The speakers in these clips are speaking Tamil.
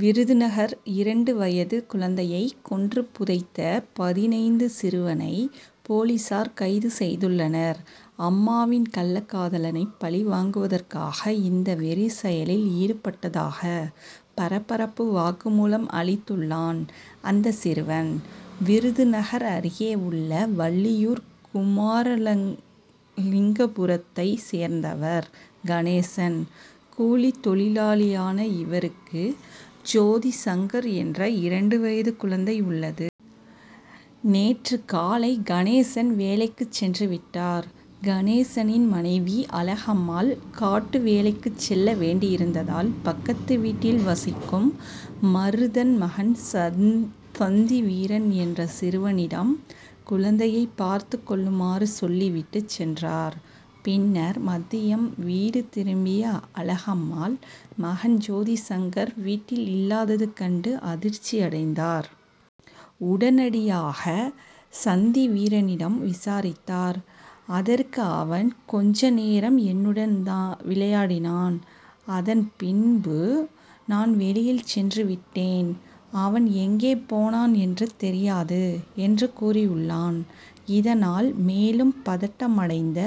விருதுநகர்: இரண்டு வயது குழந்தையை கொன்று புதைத்த பதினைந்து சிறுவனை போலீசார் கைது செய்துள்ளனர். அம்மாவின் கள்ளக்காதலனை பழிவாங்குவதற்காக இந்த வெறிச்செயலில் ஈடுபட்டதாக பரபரப்பு வாக்குமூலம் அளித்துள்ளான் அந்த சிறுவன். விருதுநகர் அருகே உள்ள வள்ளியூர் குமாரலிங்கபுரத்தைச் சேர்ந்தவர் கணேசன். கூலித் தொழிலாளியான இவருக்கு ஜோதிசங்கர் என்ற இரண்டு வயது குழந்தை உள்ளது. நேற்று காலை கணேசன் வேலைக்கு சென்று விட்டார். கணேசனின் மனைவி அழகம்மாள் காட்டு வேலைக்கு செல்ல வேண்டியிருந்ததால் பக்கத்து வீட்டில் வசிக்கும் மருதன் மகன் சந்திவீரன் என்ற சிறுவனிடம் குழந்தையை பார்த்துக்கொள்ளுமாறு சொல்லி விட்டுச் சென்றார். பின்னர் மதியம் வீடு திரும்பிய அழகம்மாள், மகன் ஜோதிசங்கர் வீட்டில் இல்லாதது கண்டு அதிர்ச்சியடைந்தார். உடனடியாக சந்திவீரனிடம் விசாரித்தார். அதற்கு அவன், தான் கொஞ்சநேரம்தான் என்னுடன் விளையாடினான். அதன் பின்பு நான் வெளியில் சென்று விட்டேன். அவன் எங்கே போனான் என்று தெரியாது, என்று கூறியுள்ளான். இதனால் மேலும் பதட்டமடைந்த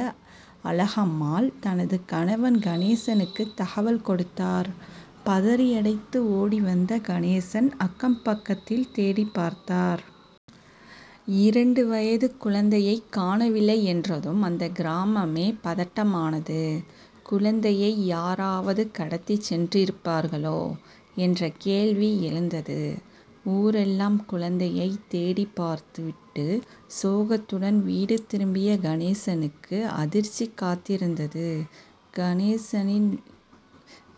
அழகம்மாள், தனது கணவன் கணேசனுக்கு தகவல் கொடுத்தார். பதறியடித்து ஓடிவந்த கணேசன், அக்கம் பக்கத்தில் தேடிப்பார்த்தார். இரண்டு வயது குழந்தையை காணவில்லை என்றதும் அந்த கிராமமே பதட்டமானது. குழந்தையை யாராவது கடத்தி சென்றிருப்பார்களோ? என்ற கேள்வி எழுந்தது. ஊரெல்லாம் குழந்தையை தேடிப்பார்த்து விட்டு சோகத்துடன் வீடு திரும்பிய கணேசனுக்கு அதிர்ச்சி காத்திருந்தது. கணேசனின்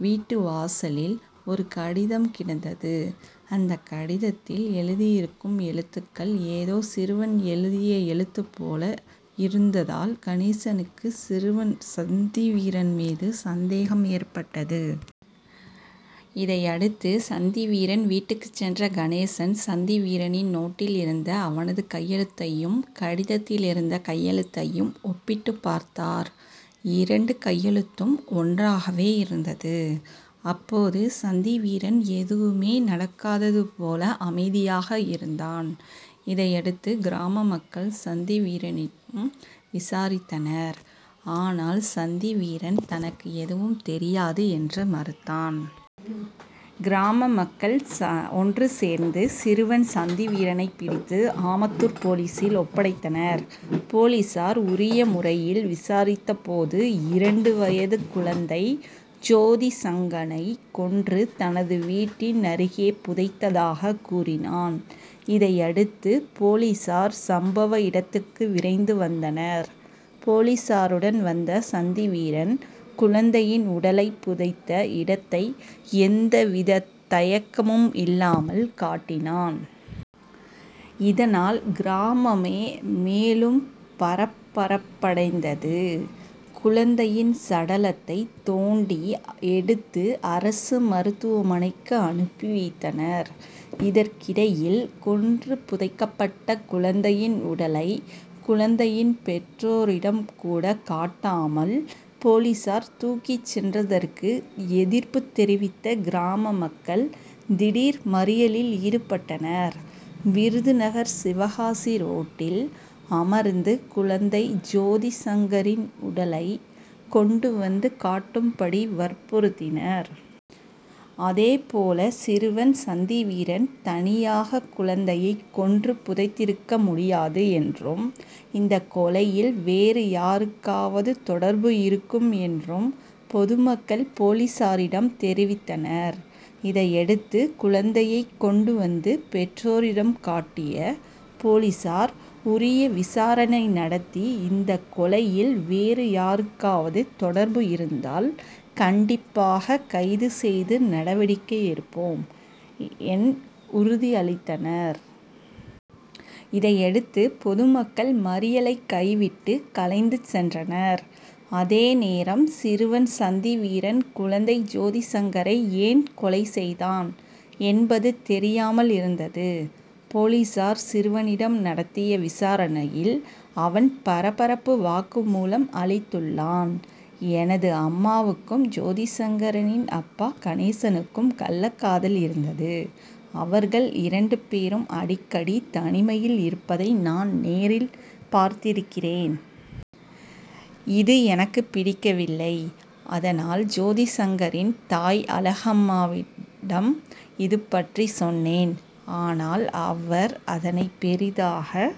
வீட்டு வாசலில் ஒரு கடிதம் கிடந்தது. அந்த கடிதத்தில் எழுதியிருக்கும் எழுத்துக்கள் ஏதோ சிறுவன் எழுதிய எழுத்து போல இருந்ததால் கணேசனுக்கு, சிறுவன் சந்திவீரன் மீது சந்தேகம் ஏற்பட்டது. இதையடுத்து சந்திவீரன் வீட்டுக்கு சென்ற கணேசன், சந்திவீரனின் நோட்டில் இருந்த அவனது கையெழுத்தையும், கடிதத்தில் இருந்த கையெழுத்தையும் ஒப்பிட்டு பார்த்தார். இரண்டு கையெழுத்தும் ஒன்றாகவே இருந்தது. அப்போது சந்திவீரன் எதுவுமே நடக்காதது போல அமைதியாக இருந்தான். இதையடுத்து கிராம மக்கள் சந்திவீரனினம் விசாரித்தனர். ஆனால் சந்திவீரன், தனக்கு எதுவும் தெரியாது என்று மறுத்தான். கிராமமக்கள் ஒன்றுசேர்ந்து சிறுவன் சந்திவீரனை பிடித்து ஆமத்தூர் போலீசில் ஒப்படைத்தனர். போலீசார் உரிய முறையில் விசாரித்தபோது, இரண்டு வயது குழந்தை ஜோதிசங்கனை கொன்று தனது வீட்டின் அருகே புதைத்ததாக கூறினான். இதையடுத்து போலீசார் சம்பவ இடத்துக்கு விரைந்து வந்தனர். போலீசாருடன் வந்த சந்திவீரன், குழந்தையின் உடலை புதைத்த இடத்தை எந்தவித தயக்கமும் இல்லாமல் காட்டினான். இதனால் கிராமமே மேலும் பரபரப்படைந்தது. குழந்தையின் சடலத்தை தோண்டி எடுத்து அரசு மருத்துவமனைக்கு அனுப்பி வைத்தனர். இதற்கிடையில், கொன்று புதைக்கப்பட்ட குழந்தையின் உடலை குழந்தையின் பெற்றோரிடம் கூட காட்டாமல் போலீசார் தூக்கிச் சென்றதற்கு எதிர்ப்பு தெரிவித்த கிராம மக்கள் திடீர் மறியலில் ஈடுபட்டனர். விருதுநகர்- சிவகாசி ரோட்டில் அமர்ந்து குழந்தை ஜோதி சங்கரின் உடலை கொண்டு வந்து காட்டும்படி வற்புறுத்தினர். அதேபோல சிறுவன் சந்திவீரன் தனியாக குழந்தையை கொன்று புதைத்திருக்க முடியாது என்றும், இந்த கொலையில் வேறு யாருக்காவது தொடர்பு இருக்கும் என்றும் பொதுமக்கள் போலீசாரிடம் தெரிவித்தனர். இதையடுத்து குழந்தையை கொண்டு வந்து பெற்றோரிடம் காட்டிய போலீசார், உரிய விசாரணை நடத்தி இந்த கொலையில் வேறு யாருக்காவது தொடர்பு இருந்தால் கண்டிப்பாக கைது செய்து நடவடிக்கை எடுப்போம், என் உறுதி அளித்தனர். இதையடுத்து பொதுமக்கள் மறியலை கைவிட்டு கலைந்து சென்றனர். அதேநேரம் சிறுவன் சந்திவீரன், குழந்தை ஜோதிசங்கரை ஏன் கொலை செய்தான்? என்பது தெரியாமல் இருந்தது. போலீசார் சிறுவனிடம் நடத்திய விசாரணையில் அவன் பரபரப்பு வாக்குமூலம் அளித்துள்ளான். எனது அம்மாவுக்கும், ஜோதிசங்கரின் அப்பா கணேசனுக்கும் கள்ளக்காதல் இருந்தது. அவர்கள் இரண்டுபேரும் அடிக்கடி தனிமையில் இருப்பதை நான் நேரில் பார்த்திருக்கிறேன். இது எனக்கு பிடிக்கவில்லை. அதனால் ஜோதிசங்கரின் தாய் அழகம்மாளிடம் இதுபற்றி சொன்னேன். ஆனால் அவர் அதனை பெரிதாக